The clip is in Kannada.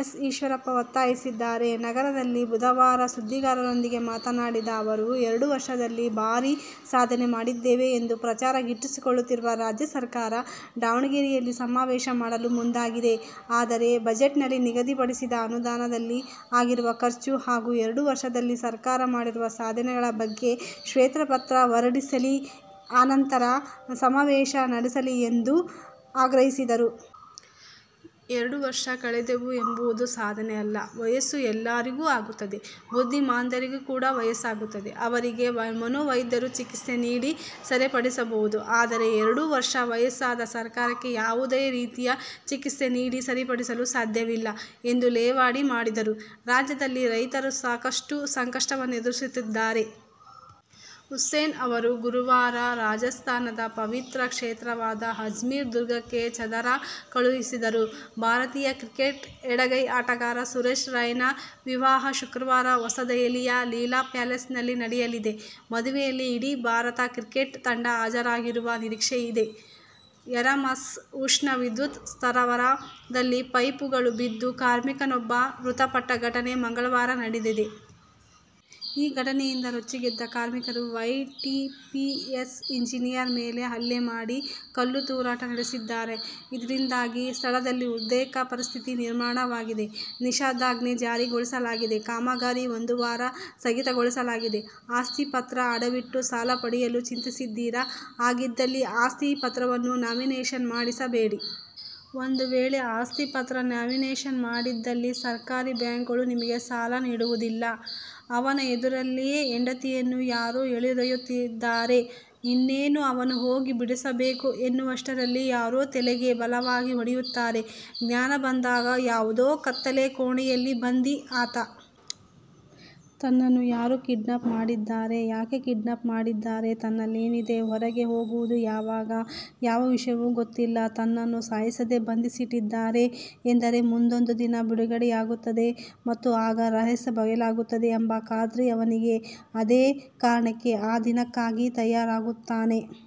ಎಸ್. ಈಶ್ವರಪ್ಪ ಒತ್ತಾಯಿಸಿದ್ದಾರೆ. ನಗರದಲ್ಲಿ ಬುಧವಾರ ಸುದ್ದಿಗಾರರೊಂದಿಗೆ ಮಾತನಾಡಿದ ಅವರು, ಎರಡು ವರ್ಷದಲ್ಲಿ ಭಾರೀ ಸಾಧನೆ ಮಾಡಿದ್ದೇವೆ ಎಂದು ಪ್ರಚಾರ ಗಿಟ್ಟಿಸಿಕೊಳ್ಳುತ್ತಿರುವ ರಾಜ್ಯ ಸರ್ಕಾರ ದಾವಣಗೆರೆಯಲ್ಲಿ ಸಮಾವೇಶ ಮಾಡಲು ಮುಂದಾಗಿದೆ. ಆದರೆ, ಬಜೆಟ್ನಲ್ಲಿ ನಿಗದಿಪಡಿಸಿದ ಅನುದಾನದಲ್ಲಿ ಆಗಿರುವ ಖರ್ಚು ಹಾಗೂ ಎರಡು ವರ್ಷದಲ್ಲಿ ಸರ್ಕಾರ ಮಾಡಿರುವ ಸಾಧನೆಗಳ ಬಗ್ಗೆ ಶ್ವೇತಪತ್ರ ಹೊರಡಿಸಿ ನಂತರ ಸಮಾವೇಶ ನಡೆಸಲಿ ಎಂದು ಆಗ್ರಹಿಸಿದರು. ಎರಡು ವರ್ಷ ಕಳೆದವು ಎಂಬುದು ಸಾಧನೆಯಲ್ಲ. ವಯಸ್ಸು ಎಲ್ಲರಿಗೂ ಆಗುತ್ತದೆ. ಬುದ್ಧಿಮಾಂದ್ಯರಿಗೂ ಕೂಡ ವಯಸ್ಸಾಗುತ್ತದೆ. ಇವರಿಗೆ ಮನೋವೈದ್ಯರು ಚಿಕಿತ್ಸೆ ನೀಡಿ ಸರಿಪಡಿಸಬಹುದು. ಆದರೆ, ಎರಡು ವರ್ಷ ವಯಸ್ಸಾದ ಸರ್ಕಾರಕ್ಕೆ ಯಾವುದೇ ರೀತಿಯಲ್ಲಿಯೂ ಚಿಕಿತ್ಸೆ ನೀಡಿ ಸರಿಪಡಿಸಲು ಸಾಧ್ಯವಿಲ್ಲ ಎಂದು ಲೇವಡಿ ಮಾಡಿದರು. ರಾಜ್ಯದಲ್ಲಿ ರೈತರು ಸಾಕಷ್ಟು ಸಂಕಷ್ಟವನ್ನೆದುರಿಸುತ್ತಿದ್ದಾರೆ. ಹುಸೇನ್ ಅವರು ಗುರುವಾರ ರಾಜಸ್ಥಾನದ ಪವಿತ್ರ ಕ್ಷೇತ್ರವಾದ ಅಜ್ಮೇರ್ ದರ್ಗಾಕ್ಕೆ ಚಾದರ ಕಳುಹಿಸಿದರು. ಭಾರತೀಯ ಕ್ರಿಕೆಟಿನ ಎಡಗೈ ಆಟಗಾರ ಸುರೇಶ್ ರೈನಾ ವಿವಾಹ ಶುಕ್ರವಾರ ಹೊಸದಿಲ್ಲಿಯ ಲೀಲಾ ಪ್ಯಾಲೇಸ್ನಲ್ಲಿ ನಡೆಯಲಿದೆ. ಮದುವೆಯಲ್ಲಿ ಇಡೀ ಭಾರತ ಕ್ರಿಕೆಟ್ ತಂಡ ಹಾಜರಿರುವ ನಿರೀಕ್ಷೆಯಿದೆ. ಯರಮರಸ್ ಉಷ್ಣ ವಿದ್ಯುತ್ ಸ್ಥಾವರ ದಲ್ಲಿ ಪೈಪುಗಳು ಬಿದ್ದು ಕಾರ್ಮಿಕನೊಬ್ಬ ಮೃತಪಟ್ಟ ಘಟನೆ ಮಂಗಳವಾರ ನಡೆದಿದೆ. ಈ ಘಟನೆಯಿಂದ ರೊಚ್ಚಿಗೆದ್ದ ಕಾರ್ಮಿಕರು, ವೈಟಿಪಿಎಸ್ ಇಂಜಿನಿಯರ್ ಮೇಲೆ ಹಲ್ಲೆ ಮಾಡಿ, ಕಲ್ಲು ತೂರಾಟ ನಡೆಸಿದ್ದಾರೆ. ಇದರಿಂದಾಗಿ ಸ್ಥಳದಲ್ಲಿ ಉದ್ರಿಕ್ತ ಪರಿಸ್ಥಿತಿ ನಿರ್ಮಾಣವಾಗಿದ್ದು, ನಿಷೇಧಾಜ್ಞೆ ಜಾರಿಗೊಳಿಸಲಾಗಿದೆ. ಕಾಮಗಾರಿಯನ್ನು ಒಂದು ವಾರ ಸ್ಥಗಿತಗೊಳಿಸಲಾಗಿದೆ. ಆಸ್ತಿ ಪತ್ರ ಅಡವಿಟ್ಟು ಸಾಲ ಪಡೆಯಲು ಚಿಂತಿಸಿದ್ದೀರಾ? ಹಾಗಿದ್ದಲ್ಲಿ ಆಸ್ತಿ ಪತ್ರವನ್ನು ಲ್ಯಾಮಿನೇಷನ್ ಮಾಡಿಸ ಬೇಡಿ. ಒಂದು ವೇಳೆ ಆಸ್ತಿ ಪತ್ರ ಲ್ಯಾಮಿನೇಷನ್ ಮಾಡಿ ದ್ದಲ್ಲಿ ಸರ್ಕಾರಿ ಬ್ಯಾಂಕ್ಗಳು ನಿಮಗೆ ಸಾಲ ನೀಡುವುದಿಲ್ಲ. ಅವನ ಎದುರಲ್ಲೇ ಹೆಂಡತಿಯನ್ನು ಯಾರೋ ಎಳೆದೊಯ್ಯುತ್ತಿದ್ದಾರೆ. ಇನ್ನೇನು ಅವನು ಹೋಗಿ ಬಿಡಿಸಬೇಕು ಎನ್ನುವಷ್ಟರಲ್ಲಿ ಯಾರೋ ತಲೆಗೆ ಬಲವಾಗಿ ಹೊಡೆಯುತ್ತಾರೆ. ಜ್ಞಾನ ಬಂದಾಗ ಯಾವುದೋ ಕತ್ತಲೆ ಕೋಣೆಯಲ್ಲಿ ಬಂಧಿ ಆತ. ತನ್ನನ್ನು ಯಾರು ಕಿಡ್ನಾಪ್ ಮಾಡಿದ್ದಾರೆ, ಯಾಕೆ ಕಿಡ್ನಾಪ್ ಮಾಡಿದ್ದಾರೆ, ತಾನೆಲ್ಲಿದ್ದೀನಿ, ಹೊರಗೆ ಹೋಗೋದು ಯಾವಾಗ ಯಾವ ವಿಷಯವೂ ಗೊತ್ತಿಲ್ಲ. ತನ್ನನ್ನು ಸಾಯಿಸದೇ ಬಂಧಿಸಿಟ್ಟಿದ್ದಾರೆ ಎಂದರೆ, ಮುಂದೊಂದು ದಿನ ಬಿಡುಗಡೆಯಾಗುತ್ತದೆ ಮತ್ತು ಆಗ ರಹಸ್ಯ ಬಯಲಾಗುತ್ತದೆ ಎಂಬ ಖಾತ್ರಿ ಅವನಿಗೆ. ಅದೇ ಕಾರಣಕ್ಕೆ ಆ ದಿನಕ್ಕಾಗಿ ತಯಾರಾಗುತ್ತಾನೆ.